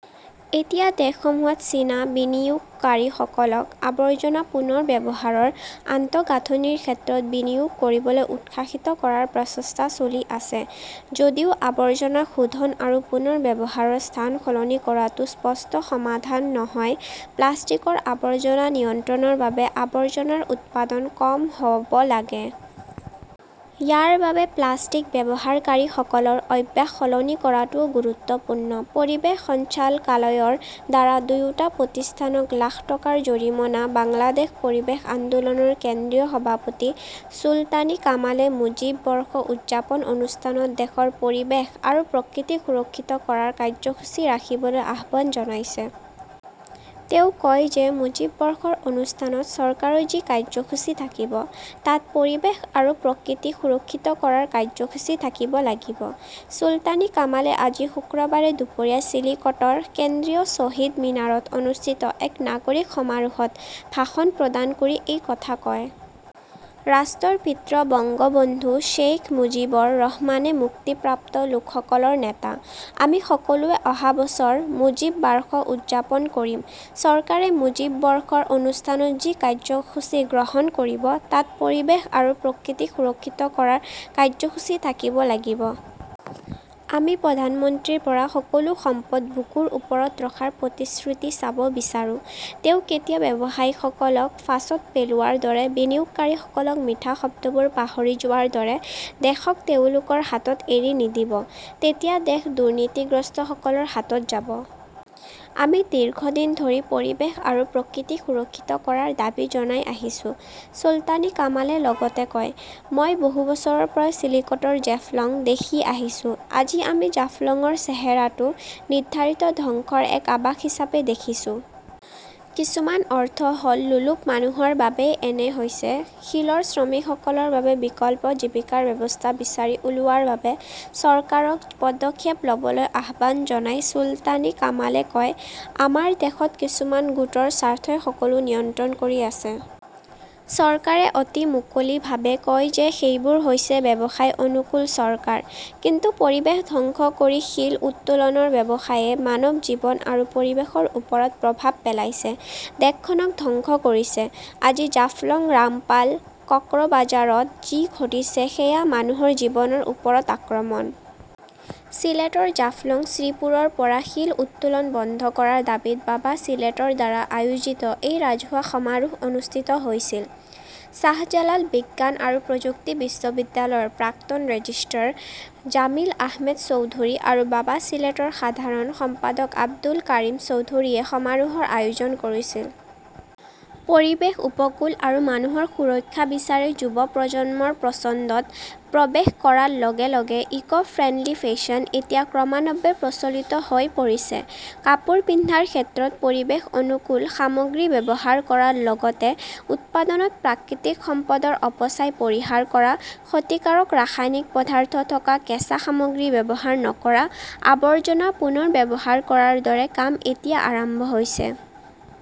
এতিয়া দেশসমূহত চীনা বিনিয়োগকাৰীসকলক আৱৰ্জনা পুনৰ ব্যৱহাৰৰ আন্তঃগাঁথনিৰ ক্ষেত্ৰত বিনিয়োগ কৰিবলৈ উৎসাহিত কৰাৰ প্ৰচেষ্টা চলি আছে। যদিও আৱৰ্জনা শোধন আৰু পুনৰ ব্যৱহাৰৰ স্থান সলনি কৰাটো স্পষ্ট সমাধান নহয়, প্লাষ্টিকৰ আৱৰ্জনা নিয়ন্ত্ৰণৰ বাবে আৱৰ্জনাৰ উৎপাদন কম হ 'ব লাগে। ইয়াৰ বাবে প্লাষ্টিক ব্যৱহাৰকাৰীসকলৰ অভ্যাস সলনি কৰাটোও গুৰুত্বপূৰ্ণ। পৰিৱেশ সঞ্চালকালয়ৰ দ্বাৰা দুয়োটা প্ৰতিষ্ঠানক লাখ টকাৰ জৰিমনা বাংলাদেশ পৰিৱেশ আন্দোলনৰ কেন্দ্ৰীয় সভাপতি চুলতানী কামালে মুজীব বৰ্ষ উদযাপন অনুষ্ঠানত দেশৰ পৰিৱেশ আৰু প্ৰকৃতি সুৰক্ষিত কৰাৰ কাৰ্যসূচী ৰাখিবলৈ আহ্বান জনাইছে। তেওঁ কয় যে মুজীব বৰ্ষৰ অনুষ্ঠানত চৰকাৰৰ যি কাৰ্যসূচী থাকিব, তাত পৰিৱেশ আৰু প্ৰকৃতি সুৰক্ষিত কৰাৰ কাৰ্যসূচী থাকিব লাগিব। চুলতানী কামালে আজি শুক্ৰবাৰে দুপৰীয়া চিলিকটৰ কেন্দ্ৰীয় শ্বহীদ মিনাৰত অনুষ্ঠিত এক নাগৰিক সমাৰোহত ভাষণ প্ৰদান কৰি এই কথা কয়। "ৰাষ্ট্ৰৰ পিতৃ বঙ্গবন্ধু শ্বেইখ মুজিবুৰ ৰহমানে মুক্তিপ্ৰাপ্ত লোকসকলৰ নেতা। আমি সকলোৱে অহা বছৰ মুজীব বাৰ্ষ উদযাপন কৰিম। চৰকাৰে মুজীব বৰ্ষৰ অনুষ্ঠানত যি কাৰ্যসূচী গ্ৰহণ কৰিব, তাত পৰিৱেশ আৰু প্ৰকৃতি সুৰক্ষিত কৰাৰ কাৰ্যসূচী থাকিব লাগিব। আমি প্ৰধানমন্ত্ৰীৰ পৰা সকলো সম্পদ বুকৰ ওপৰত ৰখাৰ প্ৰতিশ্ৰুতি চাব বিচাৰো। তেওঁ কেতিয়াও ব্যৱসায়ীসকলক ফাঁচত পেলোৱাৰ দৰে, বিনিয়োগকাৰীসকলৰ মিঠা শব্দবোৰ পাহৰি যোৱাৰ দৰে, দেশক তেওঁলোকৰ হাতত এৰি নিদিব। তেতিয়া দেশ দুৰ্নীতিগ্ৰস্তসকলৰ হাতত যাব। আমি দীৰ্ঘদিন ধৰি পৰিৱেশ আৰু প্ৰকৃতি সুৰক্ষিত কৰাৰ দাবী জনাই আহিছো, চুলতানী কামালে লগতে কয়। মই বহু বছৰৰ পৰাই চিলিকটৰ জেফলংক দেখি আহিছো। আজি আমি জাফলঙৰ চেহেৰাটো নিৰ্ধাৰিত ধ্বংসৰ এক আভাস হিচাপে দেখিছোঁ। কিছুমান অৰ্থ হ 'ল লোলুপ মানুহৰ বাবেই এনে হৈছে। শিলৰ শ্ৰমিকসকলৰ বাবে বিকল্প জীৱিকাৰ ব্যৱস্থা বিচাৰি উলিওৱাৰ বাবে চৰকাৰক পদক্ষেপ ল'বলৈ আহ্বান জনাই চুলতানী কামালে কয, আমাৰ দেশত কিছুমান গোটৰ স্বাৰ্থই সকলো নিয়ন্ত্ৰণ কৰি আছে। চৰকাৰে অতি মুকলিভাৱে কয় যে সেইবোৰ হৈছে ব্যৱসায়-অনুকূল চৰকাৰ। কিন্তু পৰিৱেশ ধ্বংস কৰি শিল উত্তোলনৰ ব্যৱসায়ে মানৱ জীৱন আৰু পৰিৱেশৰ ওপৰত প্ৰভাৱ পেলাইছে, দেশখনক ধ্বংস কৰিছে। আজি জাফলঙ, ৰামপাল, কক্সবাজাৰত যি ঘটিছে সেয়া মানুহৰ জীৱনৰ ওপৰত আক্ৰমণ। চিলেটৰ জাফলং, শ্ৰীপুৰৰ পৰা শিল উত্তোলন বন্ধ কৰাৰ দাবীত বাবা চিলেটৰ দ্বাৰা আয়োজিত এই ৰাজহুৱা সমাৰোহ অনুষ্ঠিত হৈছিল। শ্বাহজালাল বিজ্ঞান আৰু প্ৰযুক্তি বিশ্ববিদ্যালয়ৰ প্ৰাক্তন ৰেজিষ্ট্ৰাৰ জামিল আহমেদ চৌধুৰী আৰু বাবা চিলেটৰ সাধাৰণ সম্পাদক আব্দুল কাৰিম চৌধুৰীয়ে সমাৰোহৰ আয়োজন কৰিছিল। পৰিৱেশ, উপকূল আৰু মানুহৰ সুৰক্ষা বিচাৰে যুৱ প্ৰজন্মৰ পছন্দত প্ৰৱেশ কৰাৰ লগে লগে 'ইকো-ফ্ৰেণ্ডলি ফেশ্বন "এতিয়া ক্ৰমান্বয়ে প্ৰচলিত হৈ পৰিছে। কাপোৰ পিন্ধাৰ ক্ষেত্ৰত পৰিৱেশ-অনুকূল সামগ্ৰী ব্যৱহাৰ কৰাৰ লগতে উৎপাদনত প্ৰাকৃতিক সম্পদৰ অপচয় পৰিহাৰ কৰা, ক্ষতিকাৰক ৰাসায়নিক পদাৰ্থ থকা কেঁচা সামগ্ৰী ব্যৱহাৰ নকৰা, আৱৰ্জনা পুনৰ্ব্যৱহাৰ কৰাৰ দৰে কাম এতিয়া আৰম্ভ হৈছে।